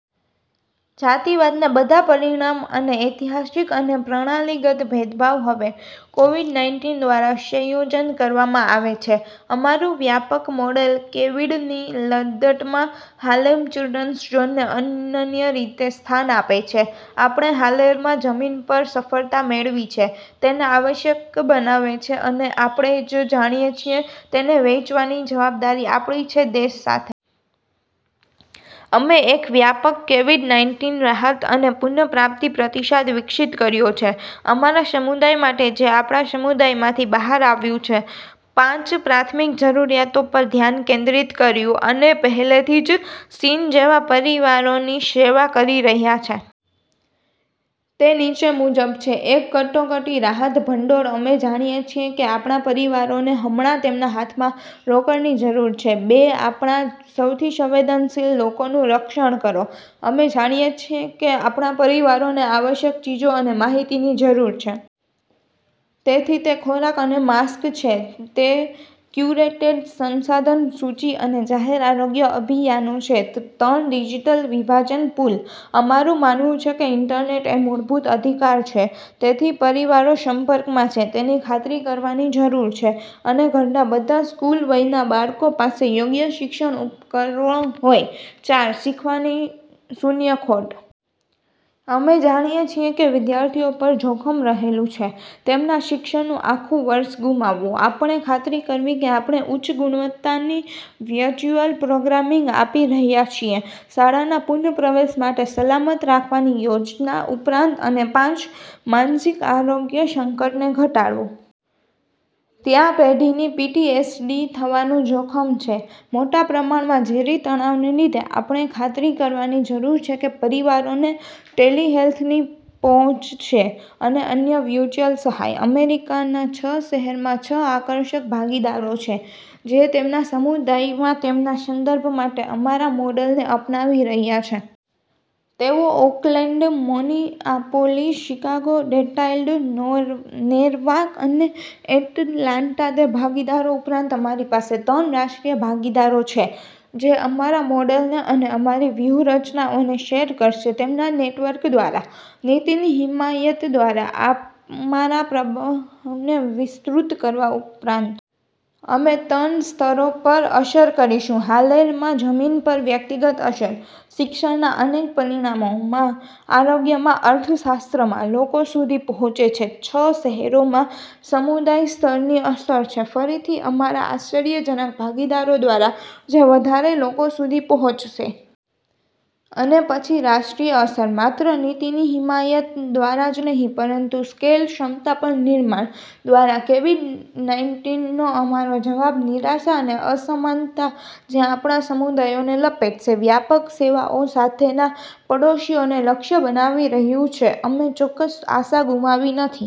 જાતિવાદના બધા પરિણામ અને ઐતિહાસિક અને પ્રણાલીગત ભેદભાવ હવે કોવિડ-નાઈનટીન દ્વારા સંયોજન કરવામાં આવે છે. અમારું વ્યાપક મોડેલ કેવિડ ની લદ્દતમાં હાર્લેમ ચિલ્ડ્રન્સ ઝોનને અનન્ય રીતે સ્થાન આપે છે. આપણે હાર્લેમમાં જમીન પર સફળતા મેળવી છે તેને આવશ્યક બનાવે છે, અને આપણે જ જાણીએ છીએ તેને વહેંચવાની જવાબદારી આપણી છે દેશ સાથે. અમે એક વ્યાપક કેવિડ - નાઈનટીન રાહત અને પુનપ્રાપ્તિ પ્રતિસાદ વિકસિત કર્યો છે અમારા સમુદાય માટે, જે આપણા સમુદાયમાંથી બહાર આવ્યું છે, પાંચ પ્રાથમિક જરૂરિયાતો પર ધ્યાન કેન્દ્રિત કર્યું, અને પહેલેથી જ સીન જેવા પરિવારોની સેવા કરી રહ્યાં છે. તે નીચે મુજબ છે. એક, કટોકટી રાહત ભંડોળ. અમે જાણીએ છીએ કે આપણા પરિવારોને હમણાં તેમના હાથમાં રોકડની જરૂર છે. બે, આપણા સૌથી સંવેદનશીલ લોકોનું રક્ષણ કરો. અમે જાણીએ છીએ કે આપણા પરિવારોને આવશ્યક ચીજો અને માહિતીની જરૂર છે. તેથી તે ખોરાક અને માસ્ક છે, તે ક્યુરેટેડ સંસાધન સૂચિ અને જાહેર આરોગ્ય અભિયાનો છે. ત્રણ, ડિજિટલ વિભાજન પુલ. અમારું માનવું છે કે ઇન્ટરનેટ એ મૂળભૂત અધિકાર છે. તેથી પરિવારો સંપર્કમાં છે તેની ખાતરી કરવાની જરૂર છે, અને ઘરનાં બધાં સ્કૂલ-વયનાં બાળકો પાસે યોગ્ય શિક્ષણ ઉપકરણો હોય ચાર, શીખવાની શૂન્ય ખોટ. અમે જાણીએ છીએ કે વિદ્યાર્થીઓ પર જોખમ રહેલું છે તેમના શિક્ષણનું આખું વર્ષ ગુમાવવું. આપણે ખાતરી કરવી કે આપણે ઉચ્ચગુણવત્તાની વ્યચ્યુઅલ પ્રોગ્રામિંગ આપી રહ્યાં છીએ, શાળાના પુનપ્રવેશ માટે સલામત રાખવાની યોજના ઉપરાંત. અને પાંચ, માનસિક આરોગ્ય સંકટને ઘટાડવું. ત્યાં પેઢીને પીટીએસડી થવાનું જોખમ છે, મોટા પ્રમાણમાં ઝેરી તણાવને લીધે. આપણે ખાતરી કરવાની જરૂર છે કે પરિવારોને ટેલિહેલ્થની પહોંચ છે અને અન્ય વ્યુચુઅલ સહાય. અમેરીકાના છ શહેરોમાં છ આકર્ષક ભાગીદારો છે જે તેમના સમુદાયમાં તેમના સંદર્ભ માટે અમારા મોડેલને અપનાવી રહ્યા છે. તેઓ ઓકલેન્ડ, મિનીઆપોલિસ, શિકાગો, ડેટ્રોઇટ, નોર નેવાર્ક અને એટલાન્ટા. તે ભાગીદારો ઉપરાંત, અમારી પાસે ત્રણ રાષ્ટ્રીય ભાગીદારો છે, જે અમારા મોડેલને અને અમારી વ્યૂહરચનાઓને શેર કરશે તેમના નેટવર્ક દ્વારા, નીતિની હિમાયત દ્વારા આ અમારા પ્રભાવને વિસ્તૃત કરવા ઉપરાંત. અમે તન સ્તરો પર અસર કરીશું. હાર્લેલમાં જમીન પર વ્યક્તિગત અસર, શિક્ષનના અનેક પરિણામોમાં, આરોગ્ય માં, અર્થશાસ્ત્ર માં, લોકો સુધી પહોંચે છે. છ શહેરોમાં સમુદાય-સ્તરની અસર છે, ફરીથી અમારા આશ્ચર્યજનક ભાગીદારો દ્વારા, જે વધારે લોકો સુધી પહોંચશે. અને પછી રાષ્ટ્રીય અસર, માત્ર નીતિની હિમાયત દ્વારા જ નહીં, પરંતુ સ્કેલ ક્ષમતા પર નિર્માણ દ્વારા. કેવિડ -નાઈનટીન નો અમારો જવાબ, નિરાશા અને અસમાનતા જે આપણા સમુદાયોને લપેટશે, વ્યાપક સેવાઓ સાથેના પડોશીઓને લક્ષ્ય બનાવી રહ્યું છે. અમું ચોક્કસ આશા ગુમાવી નથી.